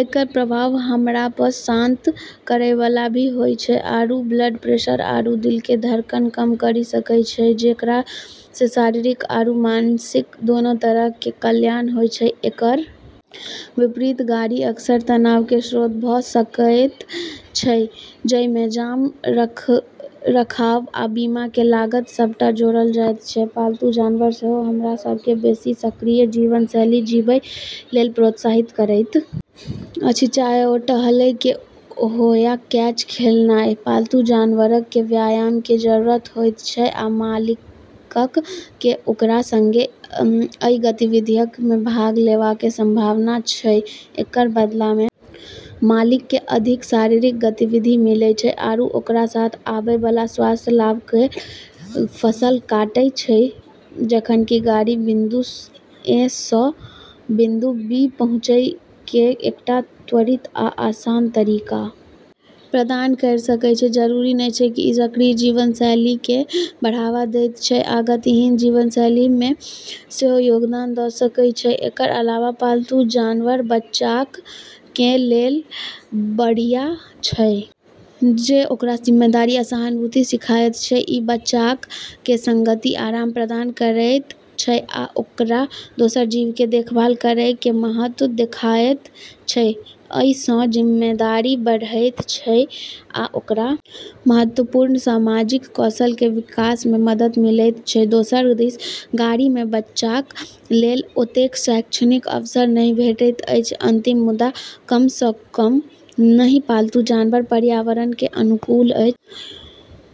एकरऽ प्रभाव हमरा प॑ शांत करै वाला भी होय छै आरू ब्लड प्रेशर आरू दिल के धड़कन कम करी सकै छै जेकरा से शारीरिक आरू मानसिक दोनों तरह के कल्याण होय छै, एकर विपरीत गाड़ी अक्सर तनाव कें स्रोत भ सकएयत छै, जइ मे जाम, रखरखाव आ बीमा कें लागत सबटा जोड़ल जायत छै, पालतू जानवर सेहो हमरा सबके बेसी सक्रिय जीवनशैली जीबय लेल प्रोत्साहित करैत अछि चाहे ओ टहलएय कें हो या कैच खेलनाय, पालतू जानवरक कें व्यायाम कें जरूरत होयत छै आ मालिकक कें ओकरा संगे अइ गतिविधियक मे भाग लेवा कें संभावना छै, एकरऽ बदला मे मालिकऽ के अधिक शारीरिक गतिविधि मिलै छै आरू ओकरा साथ आबै वाला स्वास्थ्य लाभ केरऽ फसल काटै छै जखन कि गाड़ी बिंदु ए सं बिंदु बी पहुंचय कें एकटा त्वरित आ आसान तरीका प्रदान कयर सकय छै, जरूरी नै छै कि इ सक्रिय जीवनशैली कें बढ़ावा देयत छै आ गतिहीन जीवनशैली मे सेहो योगदान द सकय छै, एकर अलावा पालतू जानवर बच्चाक कें लेल बढ़िया छै जे ओकरा जिम्मेदारी आ सहानुभूति सिखायत छै, इ बच्चाक कें संगति, आराम प्रदान करएयत छै आ ओकरा दोसर जीव कें देखभाल करएय कें महत्व देखाएयत छै, अइ सं जिम्मेदारी बढ़एयत छै आ ओकरा महत्वपूर्ण सामाजिक कौशल कें विकास मे मदद मिलएयत छै, दोसर दिस गाड़ी मे बच्चाक लेल ओतेक शैक्षणिक अवसर नहि भेटैत अछि अंतिम मुदा कम सं कम नहिं पालतू जानवर पर्यावरण के अनुकूल अछि,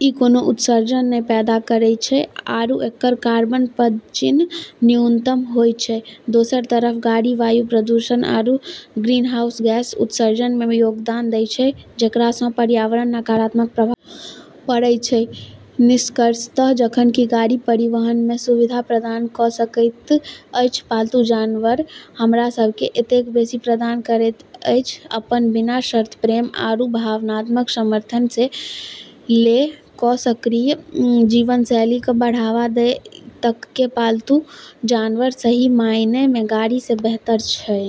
ई कोनों उत्सर्जन नै पैदा करै छै आरू एकरऽ कार्बन पदचिह्न न्यूनतम होय छै, दोसरऽ तरफ गाड़ी वायु प्रदूषण आरू ग्रीनहाउस गैस उत्सर्जन मे योगदान दै छै जेकरा सं पर्यावरण प नकारात्मक प्रभाव पड़ै छै, निष्कर्षतः जखन कि गाड़ी परिवहन में सुविधा प्रदान क सकैत अछि, पालतू जानवर हमरा सब के एतेक बेसी प्रदान करैत अछि, अपनऽ बिना शर्त प्रेम आरू भावनात्मक समर्थन से ले क सक्रिय जीवनशैली क बढ़ावा दै तक के पालतू जानवर सही मायने मे गाड़ी से बेहतर छै।